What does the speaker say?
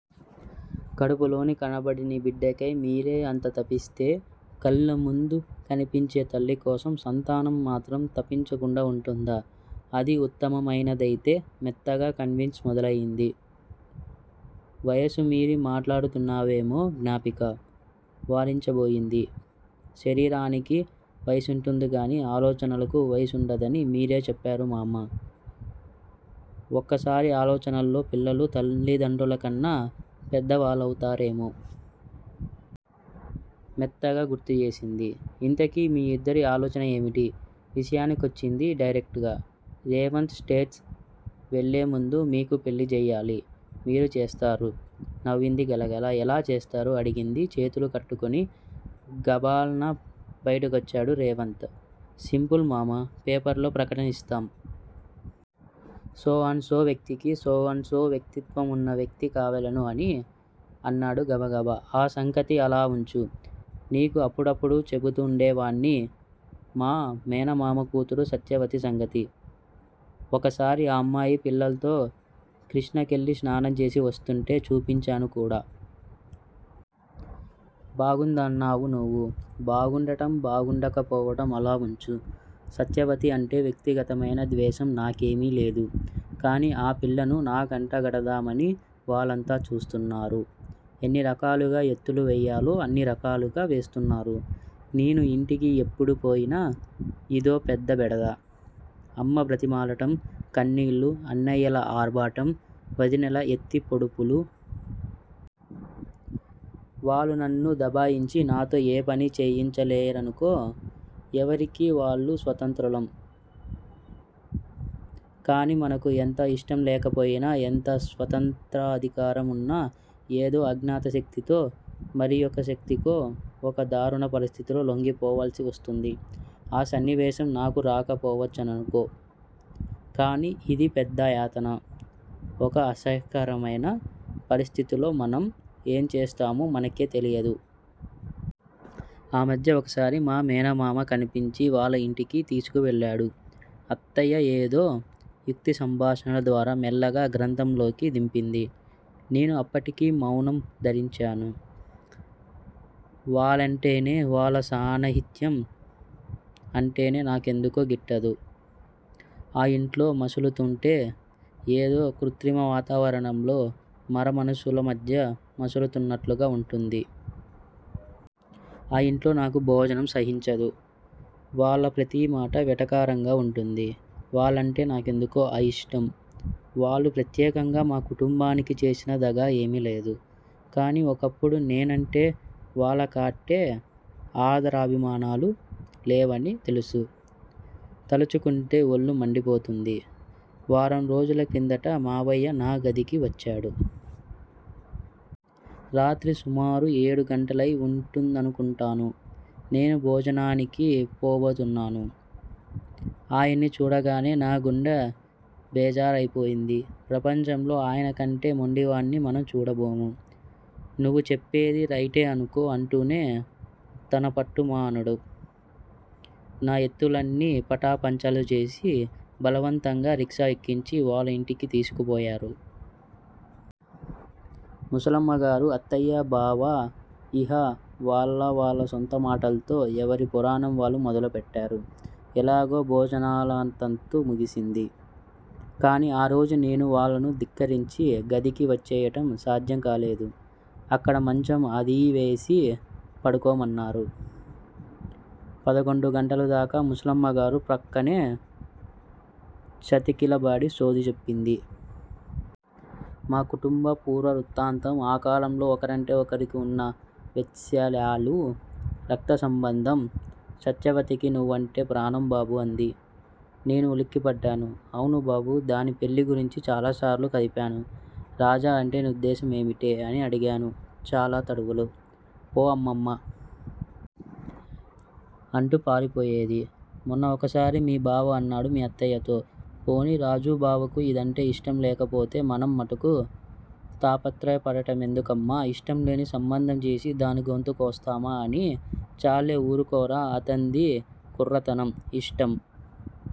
కడుపులోని కనబడని బిడ్డకై మీరే అంత తపిస్తే, కళ్ళముందు కనిపించే తల్లికోసం సంతానం మాత్రం తపించకుండా ఉంటుందా. అది ఉత్తమమైనదైతే! మెత్తగా కన్విన్స్ మొదలయ్యింది. వయసు మీరి మాట్లాడుతున్నావేమో జ్ఞాపికా! వారించబోయింది. శరీరానికి వయసుంటుంది కానీ, ఆలోచనలకు వయసుండందని మీరే చెప్పారు మమ్మా! ఒక్కోసారి ఆలోచనల్లో పిల్లలు తల్లిదండ్రులకన్నా పెద్దవాళ్ళవుతారేమో! మెత్తగా గుర్తుచేసింది. ఇంతకీ మీ ఇద్దరి ఆలోచన ఏవిటీ? విషయానికొచ్చింది డైరెక్ట్ గా. రేవంత్ స్టేట్స్ వెళ్లేముందు మీకు పెళ్ళి చెయ్యాలి! మీరు చేస్తారు? నవ్వింది గలగలా. ఎలా చేస్తారు? అడిగింది చేతులు కట్టుకుని! గభాల్న బయటకొచ్చాడు రేవంత్. సింపుల్ మమ్మా పేపర్ లో ప్రకటన ఇస్తాం! 'సో అండ్ సో వ్యక్తికి- సో అండ్ సో వ్యక్తిత్వం ఉన్న వ్యక్తి కావలెను' అని! అన్నాడు గబగబా. ఆ సంగతి అలావుంచు. నీకు అప్పుడప్పుడూ చెబుతూవుండేవాణ్ణి మా మేనమామ కూతురు సత్యవతి సంగతి. ఒకసారి ఆ అమ్మాయి పిల్లల్తో కృష్ణకెళ్ళి స్నానంచేసి వస్తూంటే చూపించాను కూడా. బాగుందన్నావు నువ్వు. బాగుండటం, బాగుండకపోవటం అలావుంచు. సత్యవతి అంటే వ్యక్తిగతమైన ద్వేషం నాకేమీలేదు. కాని ఆ పిల్లను నాకంటగడదామని వాళ్ళంతా చూస్తున్నారు. ఎన్నిరకాలుగా ఎత్తులు వెయ్యాలో అన్నిరకాలుగా వేస్తున్నారు. నేను ఇంటికి ఎప్పుడుపోయినా ఇదో పెద్ద బెడద. అమ్మ బ్రతిమాలటం, కన్నీళ్ళు, అన్నయ్యల ఆర్భాటం. వదినెల ఎత్తిపొడుపులూ. వాళ్ళు నన్ను దబాయించి నాతో ఏ పనీ చేయించలేరనుకో. ఎవరికి వాళ్ళు స్వతంత్రులం. కాని మనకు ఎంత ఇష్టంలేకపోయినా, ఎంత స్వతంత్రాధికారం వున్నా ఏదో అజ్ఞాతశక్తితో, మరియొకశక్తికో ఒక దారుణ పరిస్థితిలో లొంగిపోవాల్సి వస్తుంది. ఆ సన్నివేశం నాకు రాకపోవచ్చుననుకో. కాని ఇది పెద్దయాతన. ఒక అసహ్యకరమైన పరిస్థితిలో మనం ఏంచేస్తామో మనకే తెలియదు. ఆ మధ్య ఒకసారి మా మేనమామ కనిపించి వాళ్ళ ఇంటికి తీసుకువెళ్ళాడు. అత్తయ్య ఏదో యుక్తిసంభాషణల ద్వారా మెల్లగా గ్రంథంలోకి దింపింది. నేను అప్పటికి మౌనం ధరించాను. వాళ్ళంటేనే, వాళ్ళ సాన్నిహిత్యం అంటేనే నా కెందుకో గిట్టదు. ఆ ఇంట్లో మసులుతూంటే ఏదో కృత్రిమ వాతావరణంలో, మరమనుషుల మధ్య మసులుతున్నట్లుగా వుంటుంది. ఆ ఇంట్లో నాకు భోజనం సహించదు. వాళ్ళ ప్రతిమాటా వెటకారంగా వుంటుంది. వాళ్ళంటే నాకెందుకో అయిష్టం. వాళ్ళు ప్రత్యేకంగా మా కుటుంబానికి చేసిన దగా ఏమీలేదు. కాని ఒకప్పుడు నేనంటే వాళ్ళకాట్టే ఆదరాభిమానాలు లేవని తెలుసు. తలుచుకుంటే ఒళ్ళు మండిపోతుంది. వారంరోజుల క్రిందట మామయ్య నా గదికి వచ్చాడు. రాత్రి సుమారు ఏడుగంటలయి వుంటుందనుకుంటాను. నేను భోజనానికి పోబోతున్నాను. ఆయన్ని చూడగానే నా గుండె బేజారయిపోయింది. ప్రపంచంలో ఆయనకంటే మొండివాణ్ని మనం చూడబోము. నువ్వు చెప్పేది రైటే అనుకో అంటూనే తనపట్టు మానడు. నా ఎత్తులన్నీ పటాపంచలుచేసి, బలవంతంగా రిక్షా ఎక్కించి, వాళ్ళ ఇంటికి తీసుకుపోయారు. ముసలమ్మగారు. అత్తయ్యా, బావా, ఇహ వాళ్ళ వాళ్ళ సొంతమాటల్తో ఎవరిపురాణం వాళ్ళు మొదలుపెట్టారు. ఎలాగో భోజనాలతంతు ముగిసింది. కాని ఆరోజు నేను వాళ్ళను ధిక్కరించి గదికి వచ్చెయ్యటం సాధ్యంకాలేదు. అక్కడ మంచం అదీ వేసి పడుకోమన్నారు. పదకొండు గంటలదాకా ముసలమ్మగారు ప్రక్కనే చతికిలబడి సోది చెప్పింది. మా కుటుంబ పూర్వవృత్తాంతం, ఆకాలంలో ఒకరంటే ఒకరికి వున్న వాత్సల్యాలు, రక్తసంబంధం. సత్యవతికి నువ్వంటే ప్రాణంబాబూ! అంది. నేను ఉలిక్కిపడ్డాను. అవును బాబూ! దాని పెళ్ళి గురించి చాలాసార్లు కదిపాను. 'రాజా అంటే నీ ఉద్దేశం ఏమిటే? ' అనడిగాను చాలా తడవలు. 'పో అమ్మమ్మా! ' అంటూ పారిపోయేది. మొన్న ఒకసారి మీ బావ అన్నాడు మీ అత్తయ్యతో 'పోనీ రాజుబావకు ఇదంటే ఇష్టంలేకపోతే మనం మట్టుకు తాపత్రయపడటమెందుకమ్మా? ఇష్టంలేని సంబంధంచేసి దానిగొంతుకోస్తామా? ' అని. 'చాల్లే ఊరుకోరా. అతన్ది కుర్రతనం. ఇష్టం